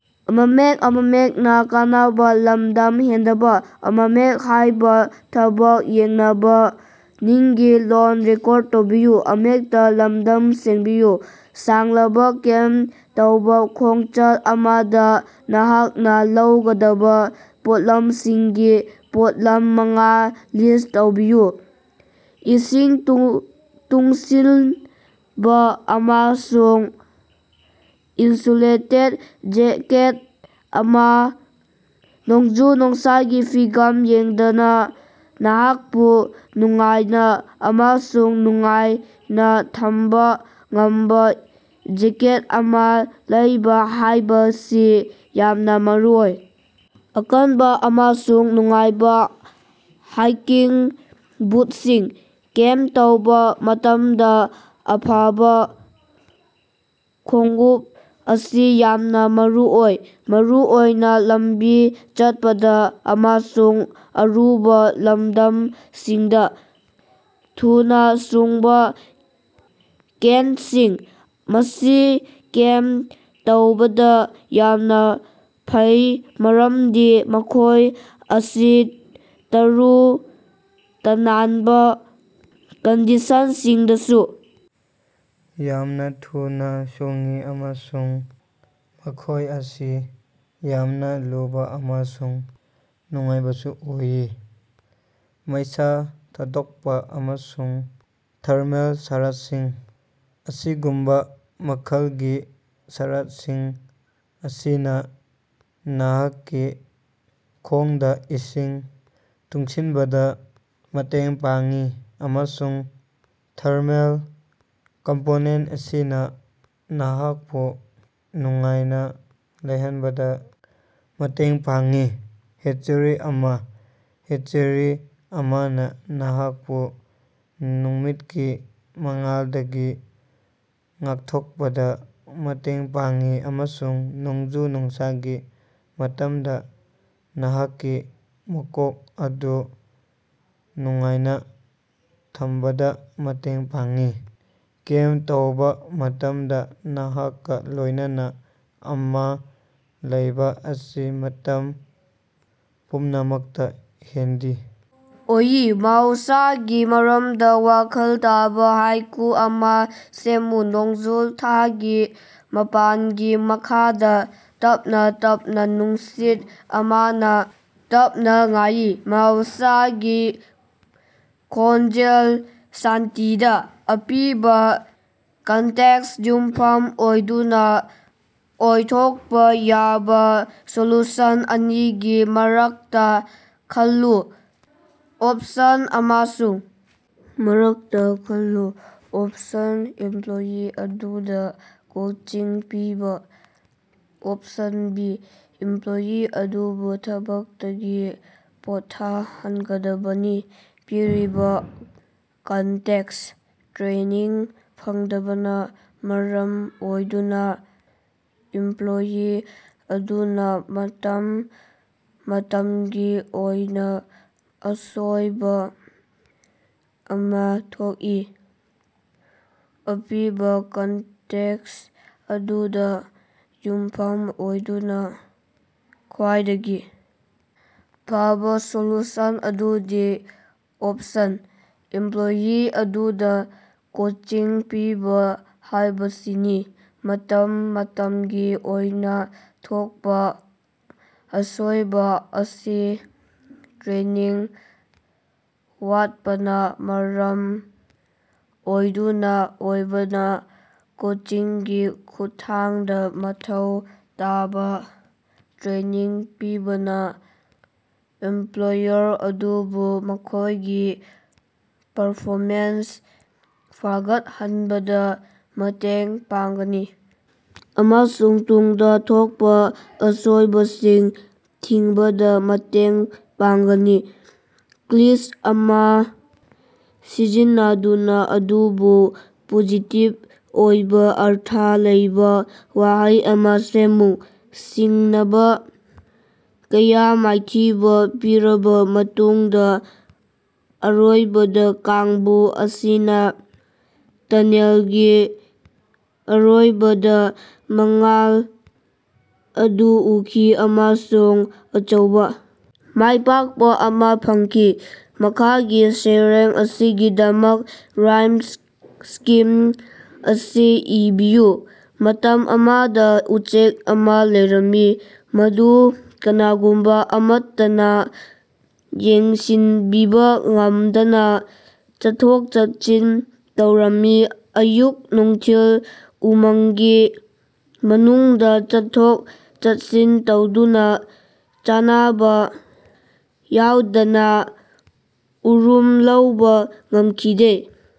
ꯁꯥꯡꯂꯕ ꯀꯦꯝꯞ ꯇꯧꯕ ꯈꯣꯡꯆꯠ ꯑꯃꯗꯥ ꯅꯍꯥꯛꯅ ꯂꯧꯒꯗꯕ ꯄꯣꯠꯂꯝꯁꯤꯡꯒꯤ ꯄꯣꯠꯂꯝ ꯃꯉꯥ ꯂꯤꯁ꯭ꯠ ꯇꯧꯕꯤꯌꯨ꯫ ꯏꯁꯤꯡ ꯇꯨꯡꯁꯤꯟꯕ ꯑꯃꯁꯨꯡ ꯏꯟꯁꯨꯂꯦꯇꯦꯗ ꯖꯦꯀꯦꯠ ꯑꯃꯥ: ꯅꯣꯡꯖꯨ-ꯅꯨꯡꯁꯥꯒꯤ ꯐꯤꯕꯝ ꯌꯦꯡꯗꯅ ꯅꯍꯥꯛꯄꯨ ꯅꯨꯡꯉꯥꯏꯅ ꯑꯃꯁꯨꯡ ꯅꯨꯡꯉꯥꯏꯅ ꯊꯝꯕ ꯉꯝꯕ ꯖꯦꯀꯦꯠ ꯑꯃꯥ ꯂꯩꯕ ꯍꯥꯏꯕꯁꯤ ꯌꯥꯝꯅ ꯃꯔꯨꯑꯣꯏ꯫ ꯑꯀꯟꯕ ꯑꯃꯁꯨꯡ ꯅꯨꯡꯉꯥꯏꯕ ꯍꯥꯏꯀꯤꯡ ꯕꯨꯠꯁꯤꯡ: ꯀꯦꯝꯞ ꯇꯧꯕ ꯃꯇꯝꯗ ꯑꯐꯕ ꯈꯣꯡꯎꯞ ꯑꯁꯤ ꯌꯥꯝꯅ ꯃꯔꯨꯑꯣꯏ, ꯃꯔꯨꯑꯣꯏꯅ ꯂꯝꯕꯤ ꯆꯠꯄꯗ ꯑꯃꯁꯨꯡ ꯑꯔꯨꯕ ꯂꯝꯗꯝꯁꯤꯡꯗ꯫ ꯊꯨꯅ ꯁꯨꯡꯕ ꯀꯟꯠꯁꯤꯡ: ꯃꯁꯤ ꯀꯦꯝꯞ ꯇꯧꯕꯗ ꯌꯥꯝꯅ ꯐꯩ ꯃꯔꯝꯗꯤ ꯃꯈꯣꯏ ꯑꯁꯤ ꯇꯔꯨ ꯇꯅꯥꯟꯕ ꯀꯟꯗꯤꯁꯟꯁꯤꯡꯗꯁꯨ ꯌꯥꯝꯅ ꯊꯨꯅ ꯁꯨꯡꯏ ꯑꯃꯁꯨꯡ ꯃꯈꯣꯏ ꯑꯁꯤ ꯌꯥꯝꯅ ꯂꯨꯕ ꯑꯃꯁꯨꯡ ꯅꯨꯡꯉꯥꯏꯕꯁꯨ ꯑꯣꯏ꯫ ꯃꯩꯁꯥ ꯊꯥꯗꯣꯛꯄꯥ ꯑꯃꯁꯨꯡ ꯊꯔꯃꯦꯜ ꯁꯔꯠꯁꯤꯡ: ꯑꯁꯤꯒꯨꯝꯕ ꯃꯈꯜꯒꯤ ꯁꯔꯠꯁꯤꯡ ꯑꯁꯤꯅ ꯅꯍꯥꯛꯀꯤ ꯈꯣꯡꯗ ꯏꯁꯤꯡ ꯇꯨꯡꯁꯤꯟꯕꯗ ꯃꯇꯦꯡ ꯄꯥꯡꯏ, ꯑꯃꯁꯨꯡ ꯊꯔꯃꯦꯜ ꯀꯝꯄꯣꯅꯦꯟꯇ ꯑꯁꯤꯅ ꯅꯍꯥꯛꯄꯨ ꯅꯨꯡꯉꯥꯏꯅ ꯂꯩꯍꯟꯕꯗ ꯃꯇꯦꯡ ꯄꯥꯡꯏ꯫ ꯍꯦꯠꯆꯔꯤ ꯑꯃꯥ: ꯍꯦꯠꯆꯔꯤ ꯑꯃꯅ ꯅꯍꯥꯛꯄꯨ ꯅꯨꯃꯤꯠꯀꯤ ꯃꯉꯥꯜꯗꯒꯤ ꯉꯥꯛꯊꯣꯛꯄꯗꯥ ꯃꯇꯦꯡ ꯄꯥꯡꯏ ꯑꯃꯁꯨꯡ ꯅꯣꯡꯖꯨ-ꯅꯨꯡꯁꯥꯒꯤ ꯃꯇꯝꯗ ꯅꯍꯥꯛꯀꯤ ꯃꯀꯣꯛ ꯑꯗꯨ ꯅꯨꯡꯉꯥꯏꯅ ꯊꯝꯕꯗ ꯃꯇꯦꯡ ꯄꯥꯡꯏ꯫ ꯀꯦꯝꯞ ꯇꯧꯕ ꯃꯇꯝꯗ ꯅꯍꯥꯛꯀ ꯂꯣꯏꯅꯅ ꯑꯃꯥ ꯂꯩꯕ ꯑꯁꯤ ꯃꯇꯝ ꯄꯨꯝꯅꯃꯛꯇ ꯍꯦꯟꯗꯤ ꯑꯣꯏ꯫ ꯃꯍꯧꯁꯥꯒꯤ ꯃꯔꯝꯗ ꯋꯥꯈꯜ ꯇꯥꯕ ꯍꯥꯏꯀꯨ ꯑꯃꯥ ꯁꯦꯝꯃꯨ꯫ ꯅꯣꯡꯖꯨ ꯊꯥꯒꯤ ꯃꯄꯥꯟꯒꯤ ꯃꯈꯥꯗ, ꯇꯞꯅ ꯇꯞꯅ ꯅꯨꯡꯁꯤꯠ ꯑꯃꯅ ꯇꯞꯅ ꯉꯥꯡꯏ, ꯃꯍꯧꯁꯥꯒꯤ ꯈꯣꯟꯖꯦꯜ ꯁꯥꯟꯇꯤꯗ꯫ ꯑꯄꯤꯕ ꯀꯟꯇꯦꯛꯁꯇ ꯌꯨꯝꯐꯝ ꯑꯣꯏꯗꯨꯅ ꯑꯣꯏꯊꯣꯛꯄ ꯌꯥꯕ ꯁꯣꯂꯨꯁꯟ ꯑꯅꯤꯒꯤ ꯃꯔꯛꯇꯥ ꯈꯜꯂꯨ꯫ ꯑꯣꯞꯁꯟ ꯑꯃꯁꯨꯡ ꯃꯔꯛꯇ ꯈꯜꯂꯨ, ꯑꯣꯞꯁꯟ: ꯏꯝꯄ꯭ꯂꯣꯌꯤ ꯑꯗꯨꯗ ꯀꯣꯆꯤꯡ ꯄꯤꯕ꯫ ꯑꯣꯞꯁꯟ ꯕꯤ: ꯏꯝꯄ꯭ꯂꯣꯌꯤ ꯑꯗꯨꯕꯨ ꯊꯕꯛꯇꯒꯤ ꯄꯣꯠꯊꯥꯍꯟꯒꯗꯕꯅꯤ꯫ ꯄꯤꯔꯤꯕ ꯀꯟꯇꯦꯛꯁꯠ: ꯇ꯭ꯔꯦꯅꯤꯡ ꯐꯪꯗꯕꯅ ꯃꯔꯝ ꯑꯣꯏꯗꯨꯅ ꯏꯝꯄ꯭ꯂꯣꯌꯤ ꯑꯗꯨꯅ ꯃꯇꯝ ꯃꯇꯝꯒꯤ ꯑꯣꯏꯅ ꯑꯁꯣꯏꯕ ꯑꯃꯥ ꯊꯣꯛꯏ꯫ ꯑꯄꯤꯕ ꯀꯟꯇꯦꯛꯁ ꯑꯗꯨꯗ ꯌꯨꯝꯐꯝ ꯑꯣꯏꯗꯨꯅ, ꯈ꯭ꯋꯥꯏꯗꯒꯤ ꯐꯕꯥ ꯁꯣꯂꯨꯁꯟ ꯑꯗꯨꯗꯤ ꯑꯣꯄꯁꯟ: ꯏꯝꯄ꯭ꯂꯣꯌꯤ ꯑꯗꯨꯗ ꯀꯣꯆꯤꯡ ꯄꯤꯕ ꯍꯥꯏꯕꯁꯤꯅꯤ꯫ ꯃꯇꯝ ꯃꯇꯝꯒꯤ ꯑꯣꯏꯅ ꯊꯣꯛꯄꯥ ꯑꯁꯣꯏꯕ ꯑꯁꯤ ꯇ꯭ꯔꯦꯅꯤꯡ ꯋꯥꯠꯄꯅ ꯃꯔꯝ ꯑꯣꯏꯗꯨꯅ ꯑꯣꯏꯕꯅ, ꯀꯣꯆꯤꯡꯒꯤ ꯈꯨꯠꯊꯥꯡꯗ ꯃꯊꯧ ꯇꯥꯕ ꯇ꯭ꯔꯦꯅꯤꯡ ꯄꯤꯕꯅ ꯑꯦꯝꯄ꯭ꯂꯣꯌꯔ ꯑꯗꯨꯕꯨ ꯃꯈꯣꯏꯒꯤ ꯄꯔꯐꯣꯃꯦꯟꯁ ꯐꯒꯠꯍꯟꯕꯗ ꯃꯇꯦꯡ ꯄꯥꯡꯒꯅꯤ ꯑꯃꯁꯨꯡ ꯇꯨꯡꯗ ꯊꯣꯛꯄ ꯑꯁꯣꯏꯕꯁꯤꯡ ꯊꯤꯡꯕꯗ ꯃꯇꯦꯡ ꯄꯥꯡꯒꯅꯤ꯫ ꯀ꯭ꯂꯤꯆ ꯑꯃꯥ ꯁꯤꯖꯤꯟꯅꯗꯨꯅ ꯑꯗꯨꯕꯨ ꯄꯣꯖꯤꯇꯤꯕ ꯑꯣꯏꯕ ꯑꯔꯊ ꯂꯩꯕ ꯋꯥꯍꯩ ꯑꯃ ꯁꯦꯝꯃꯨ꯫ ꯁꯤꯡꯅꯕ ꯀꯌꯥ ꯃꯥꯏꯊꯤꯕ ꯄꯤꯔꯕ ꯃꯇꯨꯡꯗ ꯑꯔꯣꯏꯕꯗ ꯀꯥꯡꯕꯨ ꯑꯁꯤꯅ ꯇꯅꯦꯜꯒꯤ ꯑꯔꯣꯏꯕꯗ ꯃꯉꯥꯜ ꯑꯗꯨ ꯎꯈꯤ ꯑꯃꯁꯨꯡ ꯑꯆꯧꯕ ꯃꯥꯏꯄꯥꯛꯄ ꯑꯃꯥ ꯐꯪꯈꯤ꯫ ꯃꯈꯥꯒꯤ ꯁꯩꯔꯦꯡ ꯑꯁꯤꯒꯤꯗꯃꯛ ꯔꯥꯏꯝ ꯁ꯭ꯀꯤꯝ ꯑꯁꯤ ꯏꯕꯤꯌꯨ꯫ ꯃꯇꯝ ꯑꯃꯗ ꯎꯆꯦꯛ ꯑꯃ ꯂꯩꯔꯝꯃꯤ ꯃꯗꯨ ꯀꯅꯥꯒꯨꯝꯕ ꯑꯃꯠꯇꯅ ꯌꯦꯡꯁꯤꯟꯕꯤꯕ ꯉꯝꯗꯅ ꯆꯠꯊꯣꯛ-ꯆꯠꯁꯤꯟ ꯇꯧꯔꯝꯃꯤ ꯑꯌꯨꯛ-ꯅꯨꯡꯊꯤꯜ ꯎꯃꯪꯒꯤ ꯃꯅꯨꯡꯗ ꯆꯠꯊꯣꯛ-ꯆꯠꯁꯤꯟ ꯇꯧꯗꯨꯅ ꯆꯥꯅꯕ ꯌꯥꯎꯗꯅ ꯎꯔꯨꯝ ꯂꯧꯕ ꯉꯝꯈꯤꯗꯦ꯫